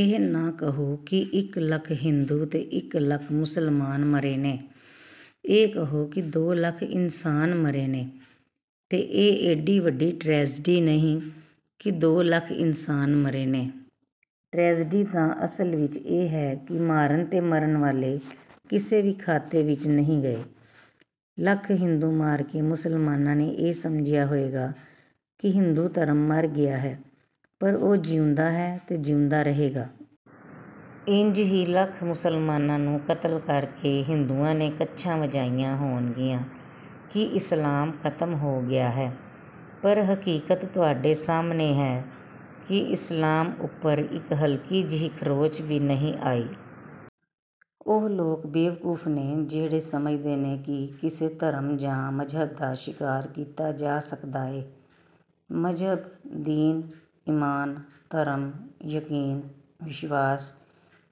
ਇਹ ਨਾ ਕਹੋ ਕਿ ਇੱਕ ਲੱਖ ਹਿੰਦੂ ਤੇ ਇੱਕ ਲੱਖ ਮੁਸਲਮਾਨ ਮਰੇ ਨੇ। ਇਹ ਕਹੋ ਕਿ ਦੋ ਲੱਖ ਇਨਸਾਨ ਮਰੇ ਨੇ। ਤੇ ਇਹ ਏਡੀ ਵੱਡੀ ਟ੍ਰੇਜ਼ਡੀ ਨਹੀਂ ਕਿ ਦੋ ਲੱਖ ਇਨਸਾਨ ਮਰੇ ਨੇ। ਟ੍ਰੇਜ਼ਡੀ ਤਾਂ ਅਸਲ ਵਿਚ ਇਹ ਹੈ ਕਿ ਮਾਰਨ ਤੇ ਮਰਨ ਵਾਲੇ ਕਿਸੇ ਵੀ ਖਾਤੇ ਵਿਚ ਨਹੀਂ ਗਏ। ਲੱਖ ਹਿੰਦੂ ਮਾਰ ਕੇ ਮੁਸਲਮਾਨਾਂ ਨੇ ਇਹ ਸਮਝਿਆ ਹੋਏਗਾ ਕਿ ਹਿੰਦੂ ਧਰਮ ਮਰ ਗਿਆ ਹੈ, ਪਰ ਉਹ ਜਿਉਂਦਾ ਹੈ ਤੇ ਜਿਉਂਦਾ ਰਹੇਗਾ। ਇੰਜ ਹੀ ਲੱਖ ਮੁਸਲਮਾਨਾਂ ਨੂੰ ਕਤਲ ਕਰਕੇ ਹਿੰਦੂਆਂ ਨੇ ਕੱਛਾਂ ਵਜਾਈਆਂ ਹੋਣਗੀਆਂ ਕਿ ਇਸਲਾਮ ਖ਼ਤਮ ਹੋ ਗਿਆ ਹੈ, ਪਰ ਹਕੀਕਤ ਤੁਹਾਡੇ ਸਾਹਮਣੇ ਹੈ ਕਿ ਇਸਲਾਮ ਉੱਪਰ ਇੱਕ ਹਲਕੀ ਜਿਹੀ ਖਰੋਂਚ ਵੀ ਨਹੀਂ ਆਈ। ਉਹ ਲੋਕ ਬੇਵਕੂਫ਼ ਨੇ ਜਿਹੜੇ ਸਮਝਦੇ ਨੇ ਕਿ ਕਿਸੇ ਧਰਮ ਜਾਂ ਮਜ਼ਹਬ ਦਾ ਸ਼ਿਕਾਰ ਕੀਤਾ ਜਾ ਸਕਦਾ ਏ। ਮਜ਼ਹਬ, ਦੀਨ, ਈਮਾਨ, ਧਰਮ, ਯਕੀਨ, ਵਿਸ਼ਵਾਸ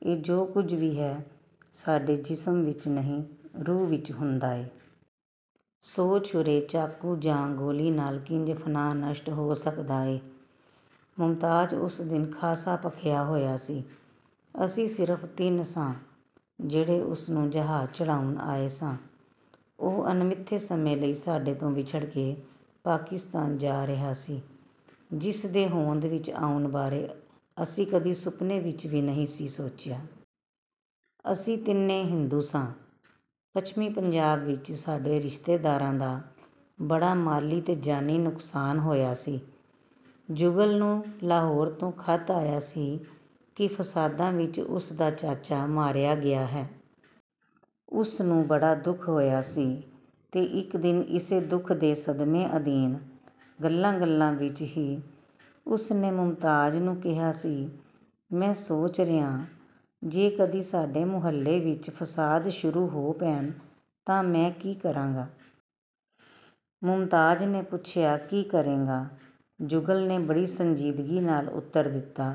ਇਹ ਜੋ ਕੁਝ ਵੀ ਹੈ, ਸਾਡੇ ਜਿਸਮ ਵਿਚ ਨਹੀਂ, ਰੂਹ ਵਿਚ ਹੁੰਦਾ ਏ। ਸੋ ਛੁਰੇ, ਚਾਕੂ ਜਾਂ ਗੋਲੀ ਨਾਲ ਕਿੰਜ ਫਨਾਹ ਨਸ਼ਟ ਹੋ ਸਕਦਾ ਏ? ਮੁਮਤਾਜ਼ ਉਸ ਦਿਨ ਖਾਸਾ ਭਖਿਆ ਹੋਇਆ ਸੀ। ਅਸੀਂ ਸਿਰਫ ਤਿੰਨ ਸਾਂ, ਜਿਹੜੇ ਉਸ ਨੂੰ ਜਹਾਜ਼ ਚੜ੍ਹਾਉਣ ਆਏ ਸਾਂ। ਉਹ ਅਣਮਿਥੇ ਸਮੇਂ ਲਈ ਸਾਡੇ ਤੋਂ ਵਿੱਛੜ ਕੇ ਪਾਕਿਸਤਾਨ ਜਾ ਰਿਹਾ ਸੀ, ਜਿਸ ਦੇ ਹੋਂਦ ਵਿਚ ਆਉਣ ਬਾਰੇ ਅਸੀਂ ਕਦੀ ਸੁਪਨੇ ਵਿਚ ਵੀ ਨਹੀਂ ਸੀ ਸੋਚਿਆ। ਅਸੀਂ ਤਿੰਨੇ ਹਿੰਦੂ ਸਾਂ। ਪੱਛਮੀ ਪੰਜਾਬ ਵਿਚ ਸਾਡੇ ਰਿਸ਼ਤੇਦਾਰਾਂ ਦਾ ਬੜਾ ਮਾਲੀ ਤੇ ਜਾਨੀ ਨੁਕਸਾਨ ਹੋਇਆ ਸੀ। ਜੁਗਲ ਨੂੰ ਲਾਹੌਰ ਤੋਂ ਖ਼ਤ ਆਇਆ ਸੀ ਕਿ ਫਸਾਦਾਂ ਵਿਚ ਉਸ ਦਾ ਚਾਚਾ ਮਾਰਿਆ ਗਿਆ ਹੈ। ਉਸ ਨੂੰ ਬੜਾ ਦੁੱਖ ਹੋਇਆ ਸੀ ਤੇ ਇੱਕ ਦਿਨ ਇਸੇ ਦੁੱਖ ਦੇ ਸਦਮੇਂ ਅਧੀਨ, ਗੱਲਾਂ ਗੱਲਾਂ ਵਿਚ ਹੀ, ਉਸ ਨੇ ਮੁਮਤਾਜ਼ ਨੂੰ ਕਿਹਾ ਸੀ, ਮੈਂ ਸੋਚ ਰਿਹਾਂ, ਜੇ ਕਦੀ ਸਾਡੇ ਮੁਹੱਲੇ ਵਿਚ ਫਸਾਦ ਸ਼ੁਰੂ ਹੋ ਪੈਣ ਤਾਂ ਮੈਂ ਕੀ ਕਰਾਂਗਾ? ਮੁਮਤਾਜ਼ ਨੇ ਪੁੱਛਿਆ, ਕੀ ਕਰੇਂਗਾ? ਜੁਗਲ ਨੇ ਬੜੀ ਸੰਜੀਦਗੀ ਨਾਲ ਉੱਤਰ ਦਿੱਤਾ,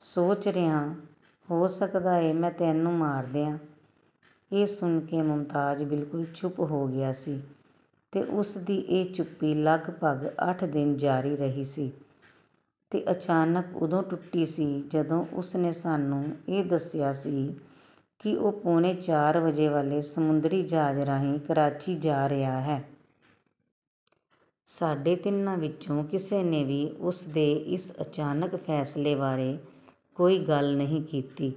ਸੋਚ ਰਿਹਾਂ, ਹੋ ਸਕਦਾ ਏ ਮੈਂ ਤੈਨੂੰ ਮਾਰ ਦਿਆਂ! ਇਹ ਸੁਣ ਕੇ ਮੁਮਤਾਜ਼ ਬਿਲਕੁਲ ਚੁੱਪ ਹੋ ਗਿਆ ਸੀ ਤੇ ਉਸ ਦੀ ਇਹ ਚੁੱਪੀ ਲਗਭਗ ਅੱਠ ਦਿਨ ਜਾਰੀ ਰਹੀ ਸੀ, ਤੇ ਅਚਾਨਕ ਉਦੋਂ ਟੁੱਟੀ ਸੀ ਜਦੋਂ ਉਸ ਨੇ ਸਾਨੂੰ ਇਹ ਦੱਸਿਆ ਸੀ ਕਿ ਉਹ ਪੌਣੇ ਚਾਰ ਵਜੇ ਵਾਲੇ ਸਮੁੰਦਰੀ ਜਹਾਜ਼ ਰਾਹੀਂ ਕਰਾਚੀ ਜਾ ਰਿਹਾ ਹੈ। ਸਾਡੇ ਤਿੰਨਾਂ ਵਿਚੋਂ ਕਿਸੇ ਨੇ ਵੀ ਉਸ ਦੇ ਇਸ ਅਚਾਨਕ ਫੈਸਲੇ ਬਾਰੇ ਕੋਈ ਗੱਲ ਨਹੀਂ ਕੀਤੀ।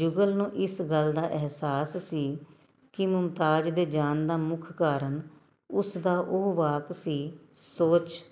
ਜੁਗਲ ਨੂੰ ਇਸ ਗੱਲ ਦਾ ਅਹਿਸਾਸ ਸੀ ਕਿ ਮੁਮਤਾਜ਼ ਦੇ ਜਾਣ ਦਾ ਮੁੱਖ ਕਾਰਣ ਉਸ ਦਾ ਉਹ ਵਾਕ ਸੀ, ਸੋਚ